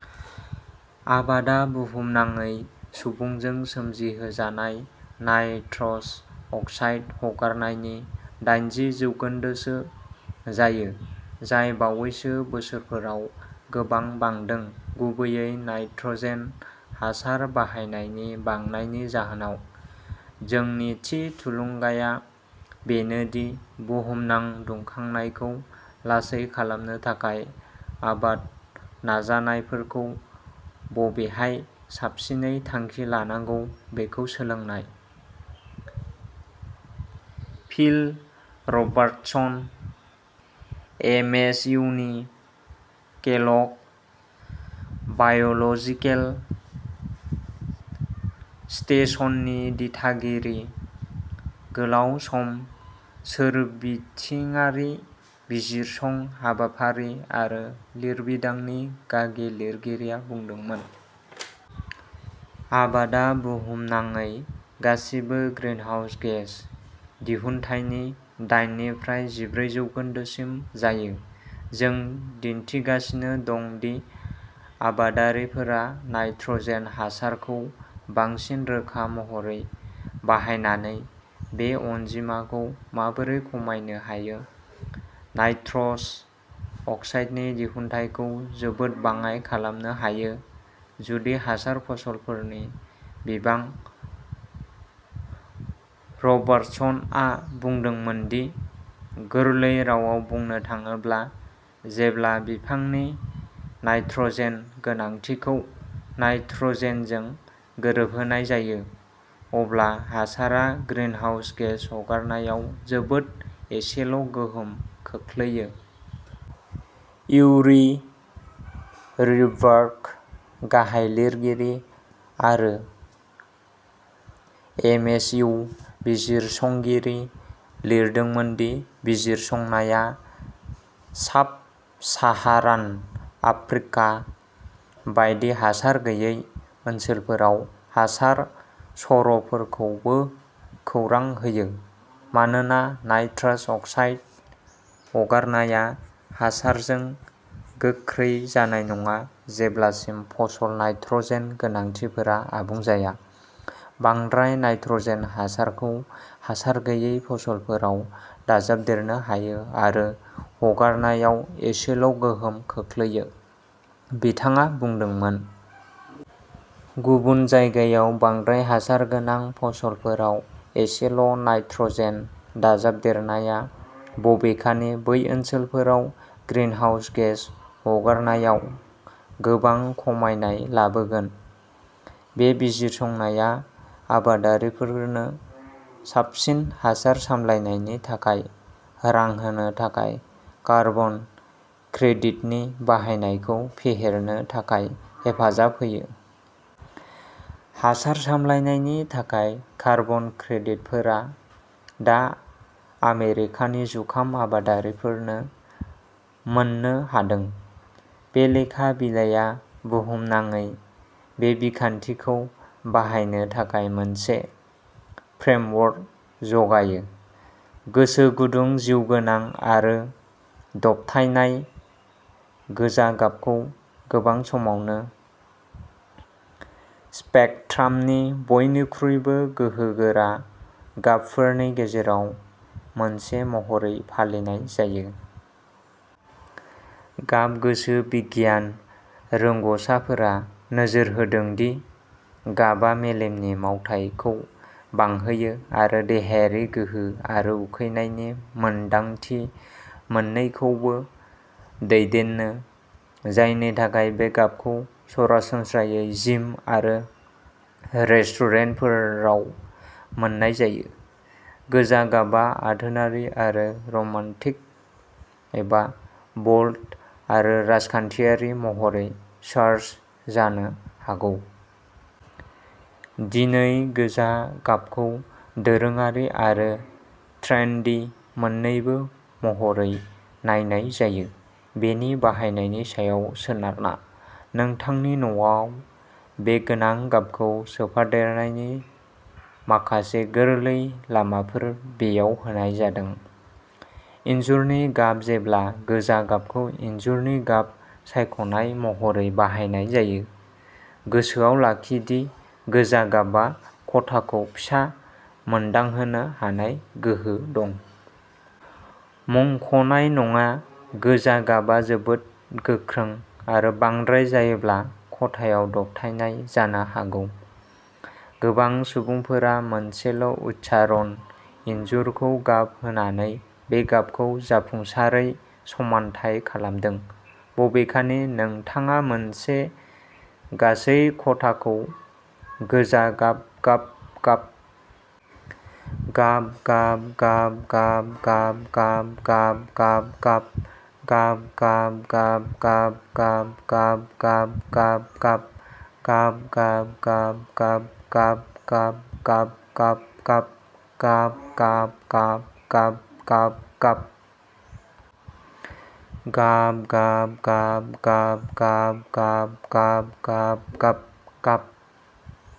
आबादा बुहुमनाङै सुबुंजों सोमजिहोजानाय नाइट्रस अक्साइड हगारनायनि दाइनजि जौखोन्दोसो जायो, जाय बावैसो बोसोरफोराव गोबां बांदों, गुबैयै नाइट्रजेन हासार बाहायनायनि बांनायनि जाहोनाव। "जोंनि थि थुलुंगाया बेनो दि बुहुमनां दुंखांनायखौ लासै खालामनो थाखाय आबाद नाजानायफोरखौ बबेहाय साबसिनै थांखि लानांगौ बेखौ सोलोंनाय", फिल रबार्टसन, एमएसइउनि केलग बाय'लजिकेल स्टेशननि दिथागिरि गोलाव-सम सोरबिथिङारि बिजिरसं हाबाफारि आरो लिरबिदांनि गागि लिरगिरिया बुंदोंमोन। आबादा बुहुमनाङै गासिबो ग्रिनहाउस गेस दिहुन्थायनि दाइन निफ्राय जिब्रै जौखोन्दोसिम जायो। जों दिन्थिगासिनो दं दि आबादारिफोरा नाइट्र'जेन हासारखौ बांसिन रोखा महरै बाहायनानै बे अनजिमाखौ माबोरै खमायनो हायो।" नाइट्रस अक्साइडनि दिहुनथायखौ जोबोद बाङाइ खालामनो हायो जुदि हासार फसलफोरनि बिबां रबार्टसनआ बुंदोंमोन दि, गोरलै रावाव बुंनो थाङोब्ला, जेब्ला बिफांनि नाइट्र'जेन गोनांथिखौ नाइट्र'जेनजों गोरोबहोनाय जायो, अब्ला हासारा ग्रिनहाउस गेस हगारनायाव जोबोद एसेल'गोहोम खोख्लैयो। इउरि श्चेर्बाक, गाहाय लिरगिरि आरो एमएसइउ बिजिरसंगिरि, लिरदोंमोन दि बिजिरसंनाया साब-साहारान आफ्रिका बायदि हासार गैयै ओनसोलफोराव हासार सर'फोरखौबो खौरां होयो। "मानोना नाइट्रस अक्साइड हगारनाया हासारजों गोख्रै जानाय नङा जेब्लासिम फसल नाइट्र'जेन गोनांथिफोरा आबुं जाया, बांद्राय नाइट्र'जेन हासारखौ हासार गैयै फसलफोराव दाजाबदेरनो हायो आरो हगारनायाव एसेल'गोहोम खोख्लैयो", बिथाङा बुंदोंमोन। गुबुन जायगायाव बांद्राय हासार गोनां फसलफोराव एसेल'नाइट्र'जेन दाजाबदेरनाया, बबेखानि, बै ओनसोलफोराव ग्रिनहाउस गेस हगारनायाव गोबां खमायनाय लाबोगोन। बे बिजिरसंनाया आबादारिफोरनो साबसिन हासार सामलायनायनि थाखाय रां होनो थाखाय कार्बन क्रेडिटनि बाहायनायखौ फेहेरनो थाखाय हेफाजाब होयो। हासार सामलायनायनि थाखाय कार्बन क्रेडिटफोरा दा आमेरिकानि जुखाम आबादारिफोरनो मोननो हादों। बे लेखा बिलाइआ बुहुमनाङै बे बिखान्थिखौ बाहायनो थाखाय मोनसे फ्रेमवर्क जगायो। गोसो गुदुं, जिउगोनां आरो दबथायनाय, गोजा गाबखौ गोबां समावनो स्पेकट्रामनि बयनिख्रुइबो गोहोगोरा गाबफोरनि गेजेराव मोनसे महरै फालिनाय जायो। गाब गोसो बिगियान रोंग'साफोरा नोजोर होदों दि गाबआ मेलेमनि मावथायखौ बांहोयो आरो देहायारि गोहो आरो उखैनायनि मोन्दांथि मोन्नैखौबो दैदेनो-जायनि थाखाय बे गाबखौ सरासनस्रायै जिम आरो रेस्टुरेन्टफोराव मोन्नाय जायो। गोजा गाबआ आथोनारि आरो रमान्टिक, एबा बोल्ड आरो राजखान्थियारि महरै चार्ज जानो हागौ। दिनै गोजा गाबखौ दोरोङारि आरो ट्रेन्डी मोन्नैबो महरै नायनाय जायो, बेनि बाहायनायनि सायाव सोनारना। नोंथांनि न'आव बे गोनां गाबखौ सोफादेरनायनि माखासे गोरलै लामाफोर बेयाव होनाय जादों। इनजुरनि गाब-जेब्ला गोजा गाबखौ इनजुरनि गाब सायख'नाय महरै बाहायनाय जायो, गोसोआव लाखि दि गोजा गाबआ खथाखौ फिसा मोनदांहोनो हानाय गोहो दं। मुंख'नाय नङा, गोजा गाबआ जोबोद गोख्रों आरो बांद्राय जायोब्ला खथायाव दबथायनाय जानो हागौ। गोबां सुबुंफोरा मोनसेल'उच्चारण इनजुरखौ गाब होनानै बे गाबखौ जाफुंसारै समानथाय खालामदों। बबेखानि, नोंथाङा मोनसे गासै खथाखौ गोजा गाब गाब गाब गाब गाब गाब गाब गाब गाब गाब गाब गाब गाब गाब गाब गाब गाब गाब गाब गाब गाब गाब गाब गाब गाब गाब गाब गाब गाब गाब गाब गाब गाब गाब गाब गाब गाब गाब गाब गाब गाब गाब गाब गाब गाब गाब